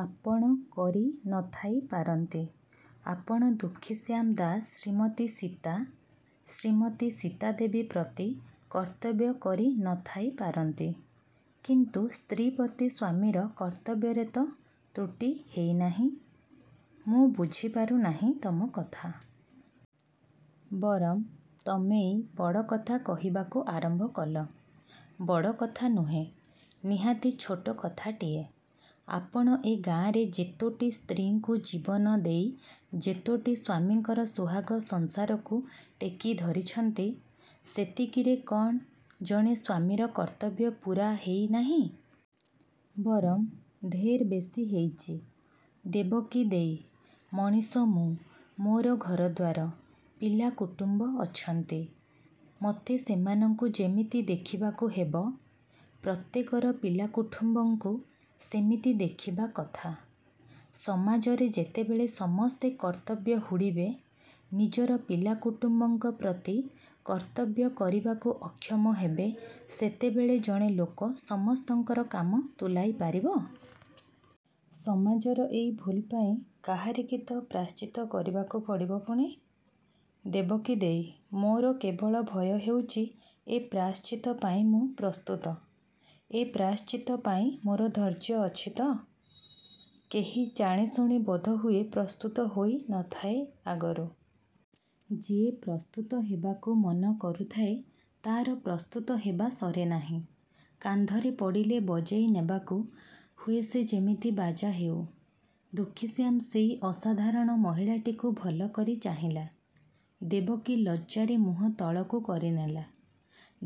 'ଆପଣ କରି ନ ଥାଇ ପାରନ୍ତି। ଆପଣ ଦୁଃଖୀଶ୍ୟାମ ଦାଶ ଶ୍ରୀମତୀ ସୀତା ''ଶ୍ରୀମତି ସୀତା ଦେବୀ ପ୍ରତି କର୍ତ୍ତବ୍ୟ କରି ନ ଥାଇ ପାରନ୍ତି, କିନ୍ତୁ ସ୍ତ୍ରୀ ପ୍ରତି ସ୍ୱାମୀର କର୍ତ୍ତବ୍ୟରେ ତ ତ୍ରୁଟି ହେଇନାହିଁ। '' ''ମୁଁ ବୁଝିପାରୁ ନାହିଁ ତମ କଥା। ବରଂ ତମେଇ ବଡ଼ କଥା କହିବାକୁ ଆରମ୍ଭ କଲ। '' ''ବଡ଼ କଥା ନୁହେଁ। ନିହାତି ଛୋଟ କଥାଟିଏ। ଆପଣ ଏ ଗାଁରେ ଯେତୋଟି ସ୍ତ୍ରୀଙ୍କୁ ଜୀବନ ଦେଇ ଯେତୋଟି ସ୍ୱାମୀଙ୍କର ସୁହାଗ ସଂସାରକୁ ଟେକି ଧରିଛନ୍ତି, ସେତିକିରେ କ'ଣ ଜଣେ ସ୍ୱାମୀର କର୍ତ୍ତବ୍ୟ ପୂରା ହେଇ ନାହିଁ। ବରଂ ଢେର୍ ବେଶି ହେଇଚି। '' ''ଦେବକୀ ଦେଈ, ମଣିଷ ମୁଁ, ମୋର ଘରଦ୍ୱାର, ପିଲା କୁଟୁମ୍ୱ ଅଛନ୍ତି। ମୋତେ ସେମାନଙ୍କୁ ଯେମିତି ଦେଖିବାକୁ ହେବ, ପ୍ରତ୍ୟେକର ପିଲା କୁଠୁମ୍ୱଙ୍କୁ ସେମିତି ଦେଖିବା କଥା। ସମାଜରେ ଯେତେବେଳେ ସମସ୍ତେ କର୍ତ୍ତବ୍ୟ ହୁଡ଼ିବେ ନିଜର ପିଲା କୁଟୁମ୍ୱଙ୍କ ପ୍ରତି କର୍ତ୍ତବ୍ୟ କରିବାକୁ ଅକ୍ଷମ ହେବେ ସେତେବେଳେ ଜଣେ ଲୋକ ସମସ୍ତଙ୍କର କାମ ତୁଲାଇ ପାରିବ? '' ''ସମାଜର ଏଇ ଭୁଲ୍ପାଇଁ କାହାରିକି ତ ପ୍ରାୟଶ୍ଚିତ୍ତ କରିବାକୁ ପଡ଼ିବ ପୁଣି? '' ''ଦେବକୀ ଦେଈ, ମୋର କେବଳ ଭୟ ହେଉଚି ଏ ପ୍ରାୟଶ୍ଚିତ୍ତ ପାଇଁ ମୁଁ ପ୍ରସ୍ତୁତ। ଏ ପ୍ରାୟଶ୍ଚିତ୍ତ ପାଇଁ ମୋର ଧୈର୍ଯ୍ୟ ଅଛି ତ? '' ''କେହି ଜାଣିଶୁଣି ବୋଧହୁଏ ପ୍ରସ୍ତୁତ ହୋଇ ନ ଥାଏ ଆଗରୁ। ଯିଏ ପ୍ରସ୍ତୁତ ହେବାକୁ ମନ କରୁଥାଏ, ତା'ର ପ୍ରସ୍ତୁତ ହେବା ସରେ ନାହିଁ। କାନ୍ଧରେ ପଡ଼ିଲେ ବଜେଇ ନେବାକୁ ହୁଏ ସେ ଯେମିତି ବାଜା ହେଉ। '' ଦୁଃଖୀଶ୍ୟାମ ସେଇ ଅସାଧାରଣ ମହିଳାଟିକୁ ଭଲ କରି ଚାହିଁଲା। ଦେବକୀ ଲଜ୍ଜାରେ ମୁହଁ ତଳକୁ କରିନେଲା।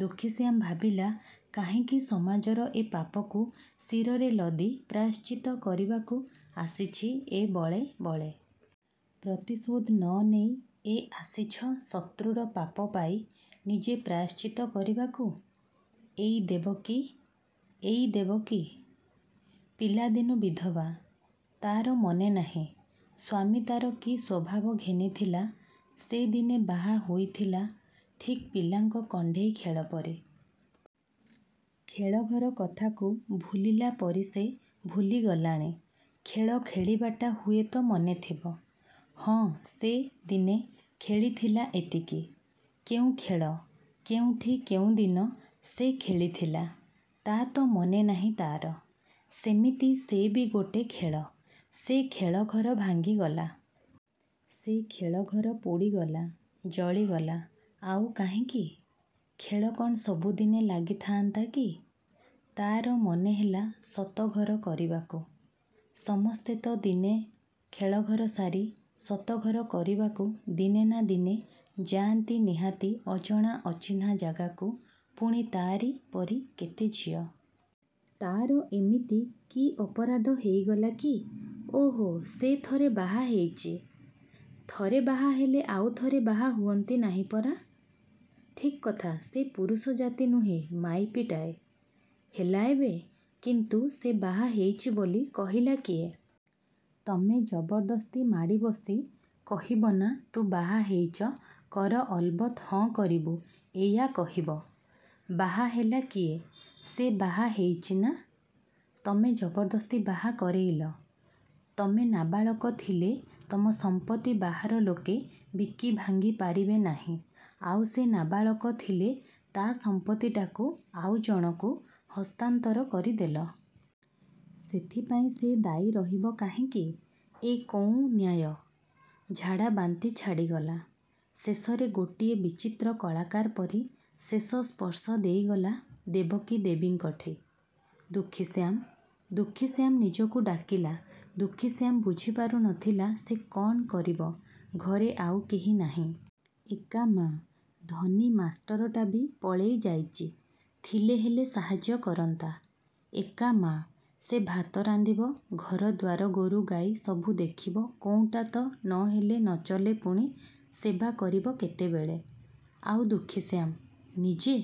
ଦୁଃଖୀଶ୍ୟାମ ଭାବିଲା କାହିଁକି ସମାଜର ଏ ପାପକୁ ଶିରରେ ଲଦି ପ୍ରାୟଶ୍ଚିତ୍ତ କରିବାକୁ ଆସିଛି ଏ ବଳେ ବଳେ! ପ୍ରତିଶୋଧ ନ ନେଇ ଏ ଆସିଛ ଶତ୍ରୁର ପାପ ପାଇ ନିଜେ ପ୍ରାୟଶ୍ଚିତ୍ତ କରିବାକୁ? ଏଇ ଦେବକୀ? ଏଇ ଦେବକୀ। ପିଲାଦିନୁ ବିଧବା। ତା'ର ମନେ ନାହିଁ, ସ୍ୱାମୀ ତା'ର କି ସ୍ୱଭାବ ଘେନିଥିଲା ସେ ଦିନେ ବାହା ହୋଇଥିଲା ଠିକ୍ ପିଲାଙ୍କ କଣ୍ଢେଇ ଖେଳ ପରି। ଖେଳଘର କଥାକୁ ଭୁଲିଲା ପରି ସେ ଭୁଲି ଗଲାଣି। ଖେଳ ଖେଳିବାଟା ହୁଏତ ମନେଥିବ। ହଁ ସେ ଦିନେ ଖେଳିଥିଲା ଏତିକି। କେଉଁ ଖେଳ, କେଉଁଠି କେଉଁଦିନ ସେ ଖେଳିଥିଲା, ତା' ତ ମନେ ନାହିଁ ତା'ର-। ସେମିତି ସେ ବି ଗୋଟେ ଖେଳ। ସେ ଖେଳଘର ଭାଙ୍ଗିଗଲା। ସେ ଖେଳଘର ପୋଡ଼ିଗଲା–ଜଳିଗଲା। ଆଉ କାହିଁକି? ଖେଳ କ'ଣ ସବୁଦିନେ ଲାଗି ଥାଆନ୍ତା କି? ତା'ର ମନେ ହେଲା ସତ ଘର କରିବାକୁ। ସମସ୍ତେ ତ ଦିନେ ଖେଳଘର ସାରି ସତ ଘର କରିବାକୁ ଦିନେ ନା ଦିନେ ଯାଆନ୍ତି ନିହାତି ଅଜଣା ଅଚିହ୍ନା ଜାଗାକୁ ପୁଣି ତା'ରି ପରି କେତେ ଝିଏ। ତା'ର ଏମିତି କି ଅପରାଧ ହେଇଗଲା କି? ଓଃ ସେ ଥରେ ବାହା ହେଇଚି। ଥରେ ବାହା ହେଲେ ଆଉ ଥରେ ବାହା ହୁଅନ୍ତି ନାହିଁ ପରା! ଠିକ୍ କଥା। ସେ ପୁରୁଷ ଜାତି ନୁହେଁ ମାଇପିଟାଏ। ହେଲା ଏବେ। କିନ୍ତୁ ସେ ବାହା ହେଇଚି ବୋଲି କହିଲା କିଏ? ତମେ ଜବରଦସ୍ତି ମାଡ଼ି ବସି କହିବନା ତୁ ବାହା ହେଇଚ କର ଅଲବତ୍ ହଁ କରିବୁ ଏଇୟା କହିବ? ବାହା ହେଲା କିଏ? ସେ ବାହା ହେଇଚି ନା, ତମେ ଜବରଦସ୍ତି ବାହା କରେଇଲ? ତମେ ନାବାଳକ ଥିଲେ ତମ ସମ୍ପତ୍ତି ବାହାର ଲୋକେ ବିକି ଭାଙ୍ଗି ପାରିବେ ନାହିଁ, ଆଉ ସେ ନାବାଳକ ଥିଲେ ତା' ସମ୍ପତ୍ତିଟାକୁ ଆଉ ଜଣକୁ ହସ୍ତାନ୍ତର କରିଦେଲ? ସେଥିପାଇଁ ସେ ଦାୟୀ ରହିବ କାହିଁକି? ଏ କୋଉଁ ନ୍ୟାୟ? ଝାଡ଼ାବାନ୍ତି ଛାଡ଼ିଗଲା। ଶେଷରେ ଗୋଟିଏ ବିଚିତ୍ର କଳାକାର ପରି ଶେଷ ସ୍ପର୍ଶ ଦେଇଗଲା ଦେବକୀ ଦେବୀଙ୍କଠି। ''ଦୁଃଖୀଶ୍ୟାମ! '' ''ଦୁଃଖୀଶ୍ୟାମ ନିଜକୁ ଡାକିଲା। ଦୁଃଖୀଶ୍ୟାମ ବୁଝିପାରୁ ନଥିଲା ସେ କ'ଣ କରିବ। ଘରେ ଆଉ କେହି ନାହିଁ। ଏକା ମା। ଧନୀ ମାଷ୍ଟରଟାବି ପଳେଇ ଯାଇଚି। ଥିଲେ ହେଲେ ସାହାଯ୍ୟ କରନ୍ତା। ଏକା ମା। ସେ ଭାତ ରାନ୍ଧିବ, ଘର ଦ୍ୱାର ଗୋରୁ ଗାଈ ସବୁ ଦେଖିବ କୋଉଁଟା ତ ନ ହେଲେ ନଚଲେ ପୁଣି ସେବା କରିବ କେତେବେଳେ? ଆଉ ଦୁଃଖୀଶ୍ୟାମ, ନିଜେ?